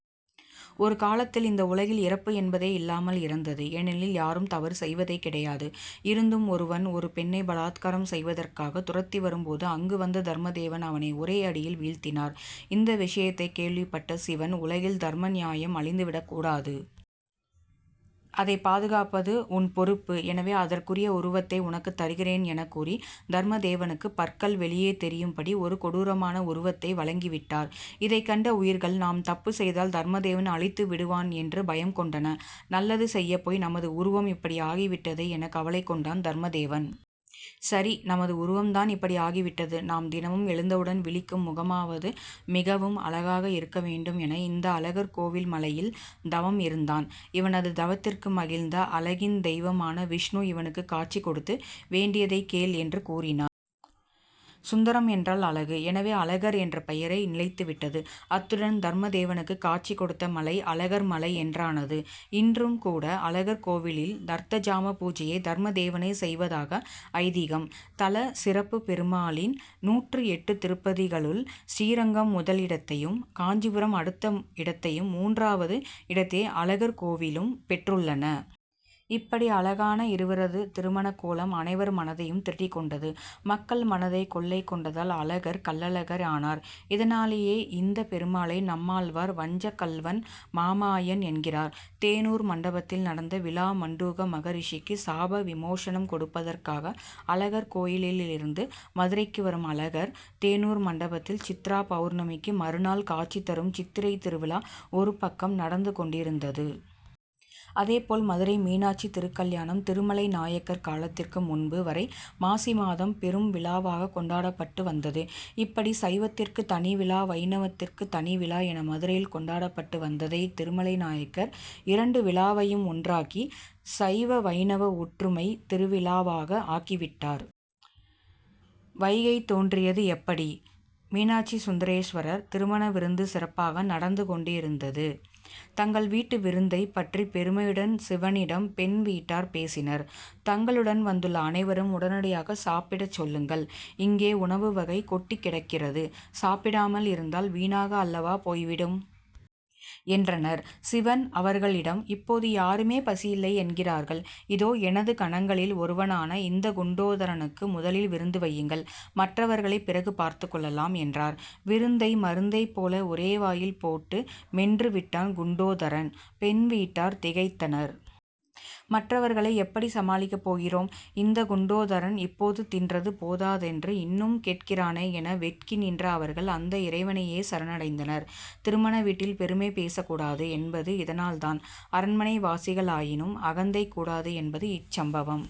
ஒரு காலத்தில் இந்த உலகில் இறப்பு என்பதே இல்லாமல் இருந்தது. ஏனெனில் யாரும் தவறு செய்வதே கிடையாது. இருந்தும் ஒருவன் ஒரு பெண்ணை பலாத்காரம் செய்வதற்காக துரத்தி வரும் போது அங்கு வந்த தர்மதேவன் அவனை ஒரே அடியில் வீழ்த்தினார். இந்த விஷயத்தை கேள்விப் பட்ட சிவன் உலகில் தர்ம நியாயம் அழிந்து விடக்கூடாது. அதை பாதுகாப்பது உன் பொறுப்பு. எனவே அதற்குரிய உருவத்தை உனக்கு தருகிறேன் என கூறி தர்மதேவனுக்கு பற்கள் வெளியே தெரியும் படி ஒரு கொடூரமான உருவத்தை வழங்கி விட்டார். இதைக்கண்ட உயிர்கள் நாம் தப்பு செய்தால் தர்மதேவன் அழித்து விடுவான் என்று பயம் கொண்டன. நல்லது செய்யப்போய் நமது உருவம் இப்படி ஆகி விட்டதே என கவலை கொண்டான் தர்மதேவன். சரி! நமது உருவம் தான் இப்படி ஆகி விட்டது. நாம் தினமும் எழுந்தவுடன் விழிக்கும் முகமாகவது மிகவும் அழகாக இருக்க வேண்டும் என இந்த அழகர்கோவில் மலையில் தவம் இருந்தான். இவனது தவத்திற்கு மகிழ்ந்த அழகின் தெய்வமான விஷ்ணு இவனுக்கு காட்சி கொடுத்து வேண்டியதை கேள் என்று கூறினார். சுந்தரம் என்றால் அழகு. எனவே அழகர் என்ற பெயரே நிலைத்து விட்டது. அத்துடன் தர்மதேவனுக்கு காட்சி கொடுத்த மலை அழகர் மலை என்றானது. இன்றும் கூட அழகர்கோவிலில் அர்த்தஜாம பூஜையை தர்மதேவனே செய்வதாக ஐதீகம். தல சிறப்பு பெருமாளின் நூற்று எட்டு திருப்பதிகளுள் ஸ்ரீரங்கம் முதலிடத்தையும் காஞ்சிபுரம் அடுத்த இடத்தையும் மூன்றாவது இடத்தை அழகர்கோவிலும் பெற்றுள்ளன. இப்படி அழகான இருவரது திருமணக்கோலம் அனைவர் மனதையும் திருடிக்கொண்டது. மக்கள் மனதை கொள்ளை கொண்டதால் அழகர் கள்ளழகர் ஆனார். இதனாலேயே இந்த பெருமாளை நம்மாழ்வார் வஞ்சக்கள்வன் மாமாயன் என்கிறார். தேனூர் மண்டபத்தில் நடந்த விழா மண்டூக மகரிஷிக்கு சாப விமோசனம் கொடுப்பதற்காக அழகர் கோயிலிலிருந்து மதுரைக்கு வரும் அழகர் தேனூர் மண்டபத்தில் சித்ரா பவுர்ணமிக்கு மறுநாள் காட்சி தரும் சித்திரை திருவிழா ஒருபக்கம் நடந்து கொண்டிருந்தது. அதே போல் மதுரை மீனாட்சி திருக்கல்யாணம் திருமலை நாயக்கர் காலத்திற்கு முன்பு வரை மாசிமாதம் பெரும் விழாவாக கொண்டாடப்பட்டு வந்தது. இப்படி சைவத்திற்கு தனிவிழா வைணவத்திற்கு தனி விழா என மதுரையில் கொண்டாடப்பட்டு வந்ததை திருமலை நாயக்கர் இரண்டு விழாவையும் ஒன்றாக்கி சைவ வைணவ ஒற்றுமை திருவிழாவாக ஆக்கி விட்டார். வைகை தோன்றியது எப்படி மீனாட்சி சுந்தரேஸ்வரர் திருமண விருந்து சிறப்பாக நடந்து கொண்டிருந்தது. தங்கள் வீட்டு விருந்தைப் பற்றி பெருமையுடன் சிவனிடம் பெண் வீட்டார் பேசினர். தங்களுடன் வந்துள்ள அனைவரும் உடனடியாக சாப்பிடச்சொல்லுங்கள். இங்கே உணவுவகை கொட்டிக் கிடக்கிறது. சாப்பிடாமல் இருந்தால் வீணாக அல்லவா போய் விடும்? என்றனர். சிவன் அவர்களிடம் இப்போது யாருமே பசியில்லை என்கிறார்கள். இதோ எனது கணங்களில் ஒருவனான இந்த குண்டோதரனுக்கு முதலில் விருந்து வையுங்கள். மற்றவர்களை பிறகு பார்த்துக் கொள்ளலாம் என்றார். விருந்தை மருந்தைப் போல ஒரே வாயில் போட்டு மென்று விட்டான் குண்டோதரன். பெண் வீட்டார் திகைத்தனர். மற்றவர்களை எப்படி சமாளிக்கப் போகிறோம். இந்த குண்டோதரன் இப்போது தின்றது போதாதென்று இன்னும் கேட்கிறானே என வெட்கி நின்ற அவர்கள் அந்த இறைவனையே சரணடைந்தனர். திருமண வீட்டில் பெருமை பேசக்கூடாது என்பது இதனால் தான். அரண்மனைவாசிகளாயினும் அகந்தை கூடாது என்பது இச்சம்பவம்